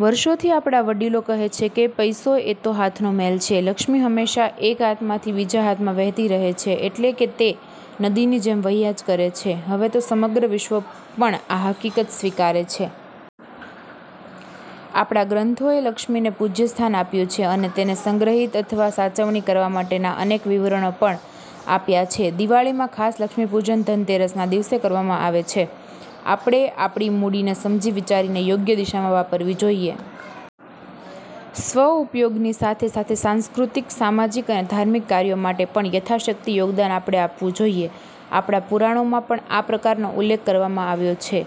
વર્ષોથી આપણાં વડીલો કહે છે કે પૈસો એ તો હાથનો મેલ છે. લક્ષ્મી હંમેશા એક હાથમાંથી બીજા હાથમાં વહેતી રહે છે એટલે કે તે નદીની જેમ વહ્યા જ કરે છે. હવે તો સમગ્ર વિશ્વ પણ આ હકીકત સ્વીકારે છે. આપણા ગ્રંથોએ લક્ષ્મીને પૂજ્ય સ્થાન આપ્યું છે અને તેને સંગ્રહિત અથવા સાચવણી કરવા માટેના અનેક વિવરણો પણ આપ્યા છે. દિવાળીમાં ખાસ લક્ષ્મીપૂજન ધનતેરસના દિવસે કરવામાં આવે છે. આપણે આપણી મૂડી ને સમજી વિચારીને યોગ્ય દિશામાં વાપરવી જોઈએ. સ્વઉપયોગની સાથે સાથે સાંસ્કૃતિક, સામાજિક અને ધાર્મિક કાર્યો માટે પણ યથાશક્તિ યોગદાન આપણે આપવું જોઈએ. આપણા પુરાણોમાં પણ આ પ્રકારનો ઉલ્લેખ કરવામાં આવ્યો છે.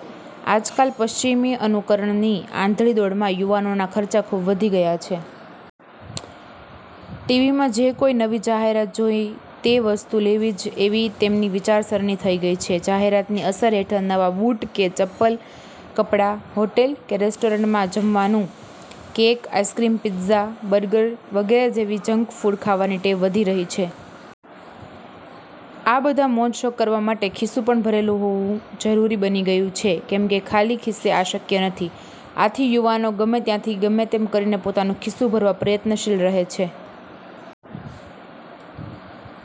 આજકાલ પશ્ચિમી અનુકરણની આંધળી દોડમાં યુવાનોના ખર્ચા ખૂબ વધી ગયા છે. ટીવીમાં જે કોઈ નવી જાહેરાત જોઈ તે વસ્તુ લેવી જ એવી તેમની વિચારસરણી થઈ ગઈ છે. જાહેરાતની અસર હેઠળ નવા બુટ કે ચપ્પ્લ, કપડાં, હોટલ કે રેસ્ટોરાંમાં જમવાનું, કેક, આઇસ્ક્રીમ, પિત્ઝા, બર્ગર વગેરે જેવી જંકફૂડ ખાવાની ટેવ વધી રહી છે. આ બધા મોજશોખ કરવા માટે ખિસ્સુંં પણ ભરેલું હોવું જરૂરી બની ગયું છે કેમ કે ખાલી ખિસ્સે આ શક્ય નથી. આથી યુવાનો ગમે ત્યાંથી ગમે તેમ કરીને પોતાનું ખિસ્સુંં ભરવા પ્રયત્નશીલ રહે છે.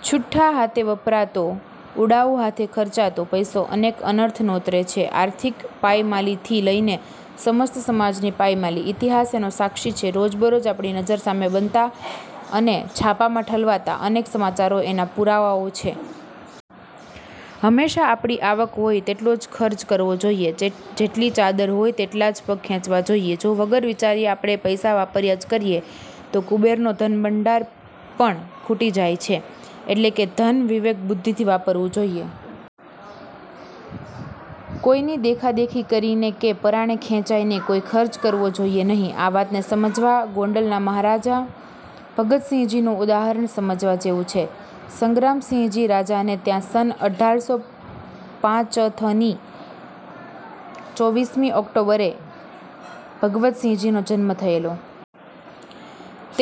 છૂટા હાથે વપરાતો, ઉડાઉ હાથે ખર્ચાતો પૈસો અનેક અનર્થ નોતરે છે. આર્થિક પાયમાલીથી લઈને સમસ્ત સમાજની પાયમાલી. ઇતિહાસ એનો સાક્ષી છે. રોજબરોજ આપણી નજર સામે બનતા અને છાપામાં ઠલવાતા અનેક સમાચારો એના પુરાવાઓ છે. હંમેશા આપણી આવક હોય તેટલો જ ખર્ચ કરવો જોઈએ. જેટલી ચાદર હોય તેટલા જ પગ ખેંચવા જોઈએ. જો વગર વિચાર્યે આપણે પૈસા વાપર્યા જ કરીએ તો કુબેરનો ધનભંડાર પણ ખૂટી જાય. એટલે કે ધન વિવેક બુદ્ધિથી વાપરવું જોઈએ. કોઈની દેખાદેખી કરીને કે પરાણે ખેંચાઈને કોઈ ખર્ચ કરવો જોઈએ નહીં. આ વાતને સમજવા ગોંડલના મહારાજા ભગવતસિંહજીનું ઉદાહરણ સમજવા જેવું છે. સંગ્રામસિંહજી રાજાને ત્યાં સન અઢાર સો પાંચથની ચોવીસ મી ઓક્ટોબરે ભગવતસિંહજીનો જન્મ થયેલો.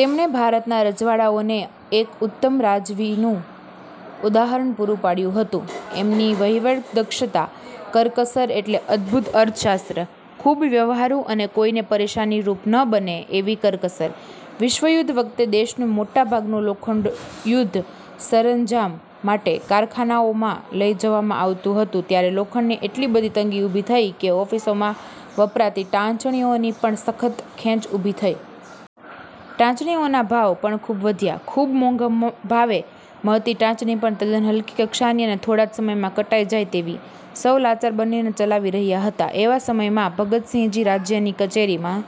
તેમણે ભારતના રજવાડાંઓને એક ઉત્તમ રાજાવીનું ઉહાદરણ પૂરું પાડ્યું હતું. એમની વહીવટ દક્ષતા, કરકસર એટલે અદભુત અર્થશાસ્ત્ર! ખૂબ વ્યવહારુ અને કોઈને પરેશાનીરૂપ ન બને એવી કરકસર! વિશ્વયુદ્ધ વખતે દેશનું મોટા ભાગનું લોખંડ યુદ્ધ સરંજામ માટે કારખાનાંઓમાં લઈ જવામાં આવતું હતું ત્યારે લોખંડની એટલી બધી તંગી ઊભી થઈ કે ઓફિસોમાં વપરાતી ટાંચણીઓની પણ સખત ખેંચ ઊભી થઈ. ટાંચણીઓના ભાવ પણ ખૂબ વધ્યા. ખૂબ મોંઘા ભાવે મળતી ટાંચણી પણ તદ્દન હલકી કક્ષાની અને થોડા જ સમયમાં કટાઈ જાય તેવી! સૌ લાચાર બનીને ચલાવી રહ્યા હતા. એવા સમયમાં ભગવતસિંહજી રાજ્યની કચેરીમાં